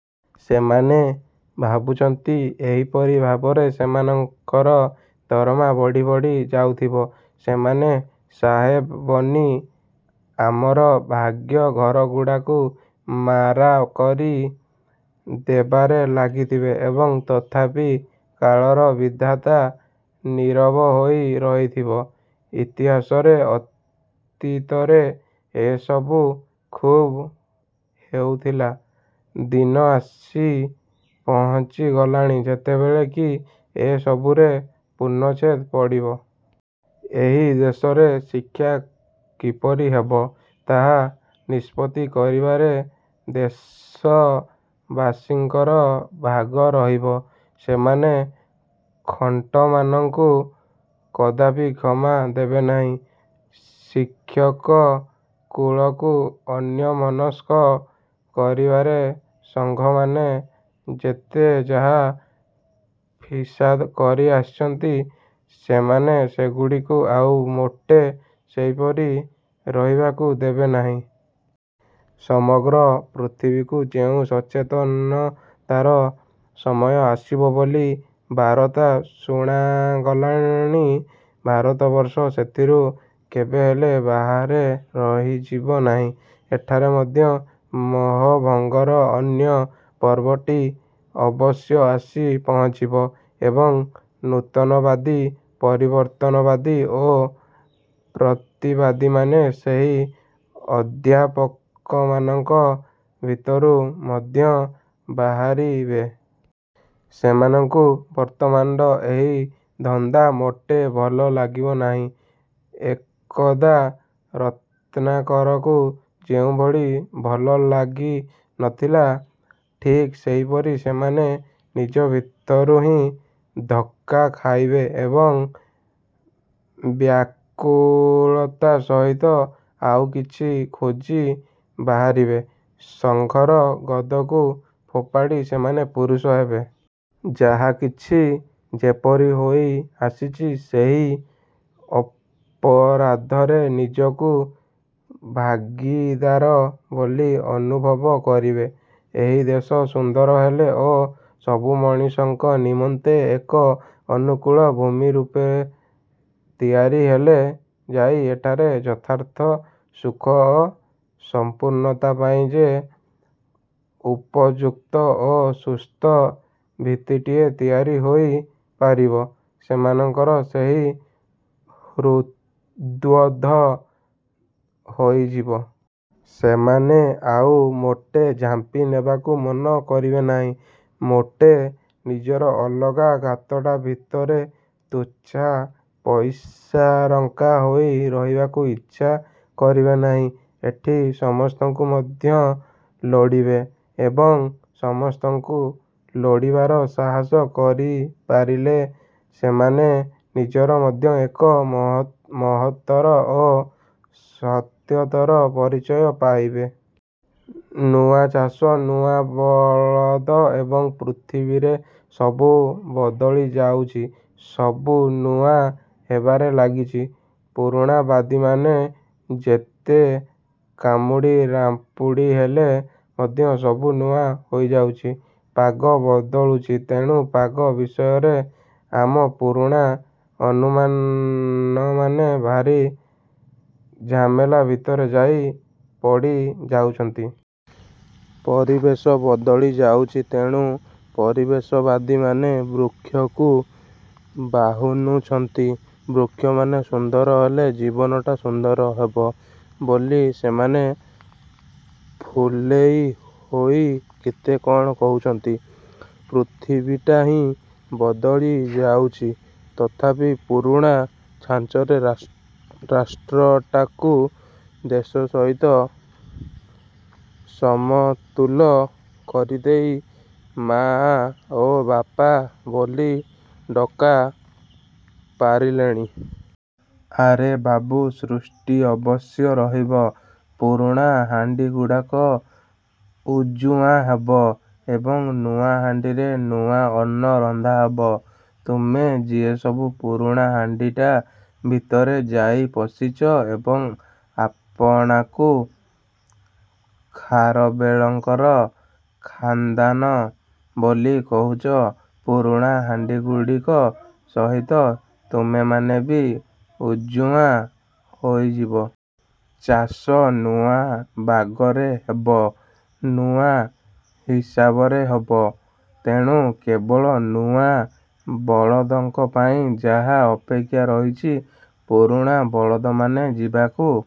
ସେମାନେ ଭାବୁଛନ୍ତି, ଏହିପରି ଭାବରେ ସେମାନଙ୍କର ଦରମା ବଢ଼ି ବଢ଼ି ଯାଉଥିବ, ସେମାନେ ସାହେବ ବନି ଆମର ଭାଗ୍ୟ-ଘରଗୁଡ଼ାକୁ ମାରା କରି ଦେବାରେ ଲାଗିଥିବେ ଏବଂ ତଥାପି କାଳର ବିଧାତା ନୀରବ ହୋଇ ରହିଥିବ। ଇତିହାସରେ ଅତୀତରେ ଏସବୁ ଖୁବ୍ ହେଉଥିଲା; ଦିନ ଆସି ପହଞ୍ଚି ଗଲାଣି ଯେତେବେଳେ କି ଏ ସବୁରେ ପୂର୍ଣ୍ଣଚ୍ଛେଦ ପଡ଼ିବ। ଏହି ଦେଶରେ ଶିକ୍ଷା କିପରି ହେବ, ତାହା। ନିଷ୍ପତ୍ତି କରିବାରେ ଦେଶବାସୀଙ୍କର ଭାଗ ରହିବ। ସେମାନେ ଖଣ୍ଟମାନଙ୍କୁ କଦାପି କ୍ଷମା ଦେବେ ନାହିଁ। ଶିକ୍ଷକକୁଳକୁ ଅନ୍ୟମନସ୍କ କରିବାରେ ସଂଘମାନେ ଯେତେ ଯାହା ଫିସାଦ କରି ଆସିଛନ୍ତି, ସେମାନେ ସେଗୁଡ଼ିକୁ ଆଉ ମୋଟେ ସେହିପରି ରହିବାକୁ ଦେବେ ନାହିଁ। ସମଗ୍ର ପୃଥିବୀକୁ ଯେଉଁ ସଚେତନତାର ସମୟ ଆସିବ ବୋଲି ବାରତା ଶୁଣାଗଲାଣି, ଭାରତବର୍ଷ ସେଥିରୁ କେବେହେଲେ ବାହାରେ ରହିଯିବ ନାହିଁ। ଏଠାରେ ମଧ୍ୟ ମୋହଭଙ୍ଗର ଅନ୍ୟ ପର୍ବଟି ଅବଶ୍ୟ ଆସି ପହଞ୍ଚିଯିବ। ଏବଂ, ନୂତନବାଦୀ, ପରିବର୍ତ୍ତନବାଦୀ ଓ ପ୍ରତିବାଦୀମାନେ ସେହି ଅଧ୍ୟାପକମାନଙ୍କ ଭିତରୁ ମଧ୍ୟ ବାହାରିବେ। ସେମାନଙ୍କୁ ବର୍ତ୍ତମାନର ଏହି ଧନ୍ଦା ମୋଟେ ଭଲ ଲାଗିବ ନାହିଁ। ଏକଦା ରତ୍ନାକରକୁ ଯେଉଁଭଳି ଭଲ ଲାଗି ନଥିଲା, ଠିକ୍ ସେହିପରି। ସେମାନେ ନିଜ ଭିତରୁ ହିଁ ଧକ୍କା ଖାଇବେ ଏବଂ ବ୍ୟାକୁଳତା ସହିତ ଆଉ କିଛି ଖୋଜି ବାହାରିବେ। ସଂଘର ଗଦକୁ ଫୋପାଡ଼ି ସେମାନେ ପୁରୁଷ ହେବେ। ଯାହାକିଛି ଯେପରି ହୋଇ ଆସିଛି, ସେହି ଅପରାଧରେ ନିଜକୁ ଭାଗୀଦାର ବୋଲି ଅନୁଭବ କରିବେ। ଏହି ଦେଶ ସୁନ୍ଦର ହେଲେ ଓ ସବୁ ମଣିଷଙ୍କ ନିମନ୍ତେ ଏକ ଅନୁକୂଳ ଭୂମି ରୂପେ ତିଆରି ହେଲେ ଯାଇ ଏଠାରେ ଯଥାର୍ଥ ସୁଖ ଓ ସଂପୂର୍ଣ୍ଣତା ପାଇଁ ଯେ ଉପଯୁକ୍ତ ଓ ସୁସ୍ଥ ଭିତ୍ତିଟିଏ ତିଆରି ହୋଇ ପାରିବ, ସେମାନଙ୍କର ସେହି ହୃଦ୍ବୋଧ ହୋଇଯିବ। ସେମାନେ ଆଉ ମୋଟେ ଝାମ୍ପି ନେବାକୁ ମନ କରିବେ ନାହିଁ। ମୋଟେ ନିଜର ଅଲଗା ଗାତଟା ଭିତରେ ତୁଚ୍ଛା ପଇସାରଙ୍କା ହୋଇ ରହିବାକୁ ଇଚ୍ଛା କରିବେ ନାହିଁ। ଏଠି ସମସ୍ତଙ୍କୁ ମଧ୍ୟ ଲୋଡ଼ିବେ-। ଏବଂ, ସମସ୍ତଙ୍କୁ ଲୋଡ଼ିବାର ସାହସ କରିପାରିଲେ ସେମାନେ ନିଜର ମଧ୍ୟ ଏକ ମହତ୍ତର ଓ ସତ୍ୟତର ପରିଚୟ ପାଇବେ। ନୂଆ ଚାଷ ନୂଆ ବଳଦ ଏବେ ପୃଥିବୀରେ ସବୁ ବଦଳି ଯାଉଛି। ସବୁ ନୂଆ ହେବାରେ ଲାଗିଛି। ପୁରୁଣାବାଦୀମାନେ ଯେତେ କାମୁଡ଼ି ରାମ୍ପୁଡ଼ି ହେଲେ ମଧ୍ୟ ସବୁ ନୂଆ ହୋଇଯାଉଛି। ପାଗ ବଦଳୁଛି, ତେଣୁ ପାଗ ବିଷୟରେ ଆମ ପୁରୁଣା ଅନୁମାନମାନେ ଭାରି ଝାମେଲା ଭିତରେ ଯାଇ ପଡ଼ିଯାଉଛନ୍ତି। ପରିବେଶ ବଦଳି ଯାଉଛି, ତେଣୁ ପରିବେଶବାଦୀମାନେ ବୃକ୍ଷକୁ ବାହୁନୁଛନ୍ତି, ବୃକ୍ଷମାନେ ସୁନ୍ଦର ହେଲେ ଜୀବନଟା ସୁନ୍ଦର ହେବ ବୋଲି ସେମାନେ ଫୁଲେଇ ହୋଇ କେତେ କ'ଣ କହୁଛନ୍ତି। ପୃଥିବୀଟା ହିଁ ବଦଳି ଯାଉଛି। ତଥାପି ପୁରୁଣା ଛାଞ୍ଚରେ ରାଷ୍ଟ୍ରଟାକୁ ଦେଶ ସହିତ ସମତୁଲ କରିଦେଇ ମାଆ ଓ ବାପା ବୋଲି ଡ଼କା ପାରିଲେଣି। ଆରେ ବାବୁ, ସୃଷ୍ଟି ଅବଶ୍ୟ ରହିବ-। ପୁରୁଣା ହାଣ୍ଡିଗୁଡ଼ାକ ଉଜୁଆଁ ହେବ ଏବଂ ନୂଆ ହାଣ୍ଡିରେ ନୂଆ ଅନ୍ନ ରନ୍ଧାହେବ। ତୁମେ ଯିଏସବୁ ପୁରୁଣା ହାଣ୍ଡିଟା ଭିତରେ ଯାଇ ପଶିଛ ଏବଂ ଆପଣାକୁ ଖାରବେଳଙ୍କର ଖାନ୍ଦାନ ବୋଲି କହୁଛ, ପୁରୁଣା ହାଣ୍ଡିଗୁଡ଼ିକ ସହିତ ତୁମେମାନେ ବି ଉଜୁଆଁ ହୋଇଯିବ। ଚାଷ ନୂଆ ବାଗରେ ହେବ, ନୂଆ ହିସାବରେ ହେବ। ତେଣୁ, କେବଳ ନୂଆ ବଳଦଙ୍କ ପାଇଁ ଯାହା ଅପେକ୍ଷା ରହିଛି। ପୁରୁଣା ବଳଦମାନେ ଯିବାକୁ